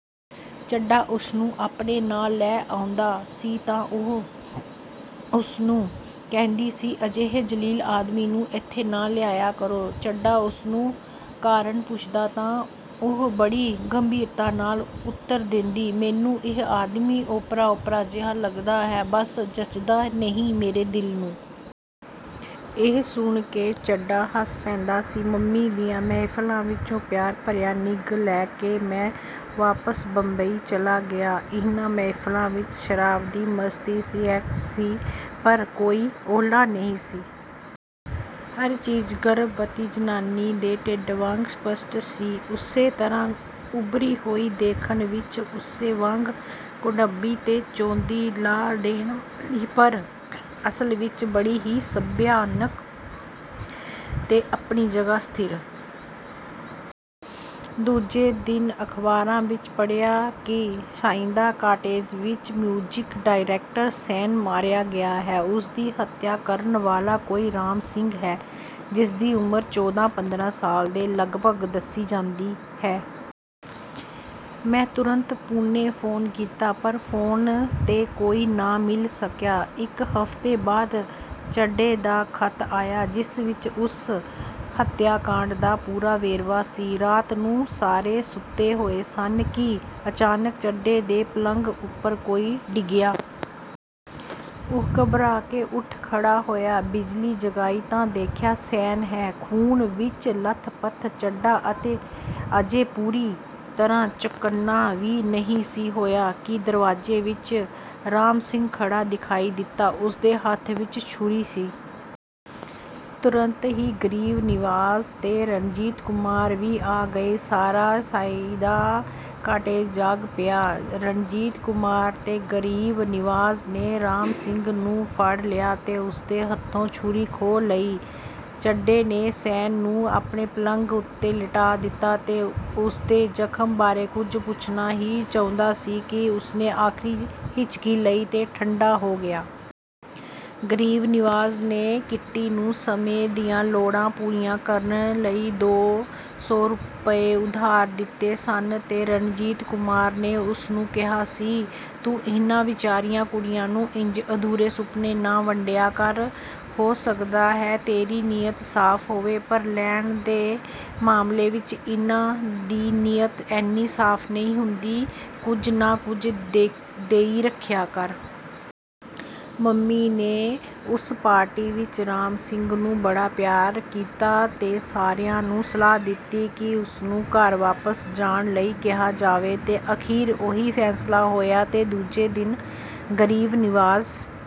ਚੱਡਾ ਉਸਨੂੰ ਆਪਣੇ ਨਾਲ ਲੈ ਆਉਂਦਾ ਸੀ ਤਾਂ ਉਹ ਉਸਨੂੰ ਕਹਿੰਦੀ ਸੀ, "ਅਜਿਹੇ ਜਲੀਲ ਆਦਮੀ ਨੂੰ ਇੱਥੇ ਨਾ ਲਿਆਇਆ ਕਰੋ। " ਚੱਡਾ ਉਸਨੂੰ ਕਾਰਣ ਪੁੱਛਦਾ ਤਾਂ ਉਹ ਬੜੀ ਗੰਭੀਰਤਾ ਨਾਲ ਉਤਰ ਦਿੰਦੀ, "ਮੈਨੂੰ ਇਹ ਆਦਮੀ ਓਪਰਾ-ਓਪਰਾ ਜਿਹਾ ਲੱਗਦਾ ਹੈ, ਬਸ ਜਚਦਾ ਨਹੀਂ ਮੇਰੇ ਦਿਲ ਨੂੰ। " ਇਹ ਸੁਣ ਕੇ ਚੱਡਾ ਹੱਸ ਪੈਂਦਾ ਸੀ। ਮੰਮੀ ਦੀਆਂ ਮਹਿਫ਼ਿਲਾਂ ਵਿਚੋਂ ਪਿਆਰ ਭਰਿਆ ਨਿੱਘ ਲੈ ਕੇ ਮੈਂ ਵਾਪਸ ਬੰਬਈ ਚਲਾ ਗਿਆ। ਇਹਨਾਂ ਮਹਿਫ਼ਿਲਾਂ ਵਿਚ ਸ਼ਰਾਬ ਦੀ ਮਸਤੀ ਸੀ, ਸੈਕਸ ਸੀ, ਪਰ ਕੋਈ ਓਹਲਾ ਨਹੀਂ ਸੀ। ਹਰ ਚੀਜ਼ ਗਰਭਵਤੀ ਜ਼ਨਾਨੀ ਦੇ ਢਿੱਡ ਵਾਂਗ ਸਪਸ਼ਟ ਸੀ। ਉਸੇ ਤਰ੍ਹਾਂ ਉੱਭਰੀ ਹੋਈ, ਦੇਖਣ ਵਿਚ ਉਸੇ ਵਾਂਗ ਕੁਢੱਬੀ ਤੇ ਚੌਂਧੀ ਲਾ ਦੇਣ ਵਾਲੀ, ਪਰ ਅਸਲ ਵਿਚ ਬੜੀ ਹੀ ਸਭਿਅਕ ਤੇ ਆਪਣੀ ਜਗ੍ਹਾ ਸਥਿਰ। ਦੂਜੇ ਦਿਨ ਅਖ਼ਬਾਰਾਂ ਵਿਚ ਪੜ੍ਹਿਆ ਕਿ ਸਈਦਾ ਕਾਟੇਜ ਵਿਚ ਮਿਊਜ਼ਿਕ ਡਾਇਰੈਕਟਰ ਸੈਨ ਮਾਰਿਆ ਗਿਆ ਹੈ। ਉਸਦੀ ਹੱਤਿਆ ਕਰਨ ਵਾਲਾ ਕੋਈ ਰਾਮ ਸਿੰਘ ਹੈ, ਜਿਸਦੀ ਉਮਰ ਚੌਦਾਂ ਪੰਦਰਾਂ ਸਾਲ ਦੇ ਲਗਭਗ ਦੱਸੀ ਜਾਂਦੀ ਹੈ। ਮੈਂ ਤੁਰੰਤ ਪੂਨੇ ਫ਼ੋਨ ਕੀਤਾ, ਪਰ ਫ਼ੋਨ 'ਤੇ ਕੋਈ ਨਾ ਮਿਲ ਸਕਿਆ। ਇਕ ਹਫ਼ਤੇ ਬਾਅਦ ਚੱਡੇ ਦਾ ਖ਼ਤ ਆਇਆ, ਜਿਸ ਵਿਚ ਉਸ ਹੱਤਿਆ ਕਾਂਢ ਦਾ ਪੂਰਾ ਵੇਰਵਾ ਸੀ। ਰਾਤ ਨੂੰ ਸਾਰੇ ਸੁੱਤੇ ਹੋਏ ਸਨ ਕਿ ਅਚਾਨਕ ਚੱਡੇ ਦੇ ਪਲੰਘ ਉਪਰ ਕੋਈ ਡਿੱਗਿਆ। ਉਹ ਘਬਰਾ ਕੇ ਉਠ ਖੜ੍ਹਾ ਹੋਇਆ। ਬਿਜਲੀ ਜਗਾਈ ਤਾਂ ਦੇਖਿਆ, ਸੈਨ ਹੈ, ਖੂਨ ਵਿਚ ਲੱਥਪੱਥ। ਚੱਡਾ ਅਜੇ ਪੂਰੀ ਤਰ੍ਹਾਂ ਚੌਕੰਨਾਂ ਵੀ ਨਹੀਂ ਸੀ ਹੋਇਆ ਕਿ ਦਰਵਾਜ਼ੇ ਵਿਚ ਰਾਮ ਸਿੰਘ ਖੜ੍ਹਾ ਦਿਖਾਈ ਦਿੱਤਾ। ਉਸਦੇ ਹੱਥ ਵਿਚ ਛੁਰੀ ਸੀ। ਤੁਰੰਤ ਹੀ ਗਰੀਬ ਨਿਵਾਜ ਤੇ ਰਣਜੀਤ ਕੁਮਾਰ ਵੀ ਆ ਗਏ। ਸਾਰਾ ਸਈਦਾ ਕਾਟੇਜ ਜਾਗ ਪਿਆ। ਰਣਜੀਤ ਕੁਮਾਰ ਤੇ ਗਰੀਬ ਨਿਵਾਜ ਨੇ ਰਾਮ ਸਿੰਘ ਨੂੰ ਫੜ੍ਹ ਲਿਆ ਤੇ ਉਸਦੇ ਹੱਥੋਂ ਛੁਰੀ ਖੋਹ ਲਈ। ਚੱਡੇ ਨੇ ਸੈਨ ਨੂੰ ਆਪਣੇ ਪਲੰਘ ਉੱਤੇ ਲਿਟਾਅ ਦਿੱਤਾ ਤੇ ਉਸਦੇ ਜ਼ਖ਼ਮ ਬਾਰੇ ਕੁਝ ਪੁੱਛਣਾ ਹੀ ਚਾਹੁੰਦਾ ਸੀ ਕਿ ਉਸਨੇ ਆਖਰੀ ਹਿਚਕੀ ਲਈ ਤੇ ਠੰਡਾ ਹੋ ਗਿਆ। ਗਰੀਬ ਨਿਵਾਜ ਨੇ ਕਿੱਟੀ ਨੂੰ ਸਮੇਂ ਦੀਆਂ ਲੋੜਾਂ ਪੂਰੀਆਂ ਕਰਨ ਲਈ ਦੋ ਸੌ ਰੁਪਏ ਉਧਾਰ ਦਿੱਤੇ ਸਨ ਤੇ ਰਣਜੀਤ ਕੁਮਾਰ ਨੇ ਉਸਨੂੰ ਕਿਹਾ ਸੀ, "ਤੂੰ ਇਹਨਾਂ ਵਿਚਾਰੀਆਂ ਕੁੜੀਆਂ ਨੂੰ ਇੰਜ ਅਧੂਰੇ ਸੁਪਨੇ ਨਾ ਵੰਡਿਆ ਕਰ ਹੋ ਸਕਦਾ ਹੈ ਤੇਰੀ ਨੀਅਤ ਸਾਫ ਹੋਵੇ, ਪਰ ਲੈਣ ਦੇ ਮਾਮਲੇ ਵਿਚ ਇਹਨਾਂ ਦੀ ਨੀਅਤ ਏਨੀ ਸਾਫ ਨਹੀਂ ਹੁੰਦੀ ਕੁਝ ਨਾ ਕੁਝ ਦੇਈ ਰੱਖਿਆ ਕਰ। " ਮੰਮੀ ਨੇ ਉਸ ਪਾਰਟੀ ਵਿਚ ਰਾਮ ਸਿੰਘ ਨੂੰ ਬੜਾ ਪਿਆਰ ਕੀਤਾ ਤੇ ਸਾਰਿਆਂ ਨੂੰ ਸਲਾਹ ਦਿੱਤੀ ਕਿ ਉਸਨੂੰ ਘਰ ਵਾਪਸ ਜਾਣ ਲਈ ਕਿਹਾ ਜਾਵੇ। ਤੇ ਅਖੀਰ ਉਹੀ ਫੈਸਲਾ ਹੋਇਆ ਤੇ ਦੂਜੇ ਦਿਨ ਗਰੀਬ ਨਿਵਾਜ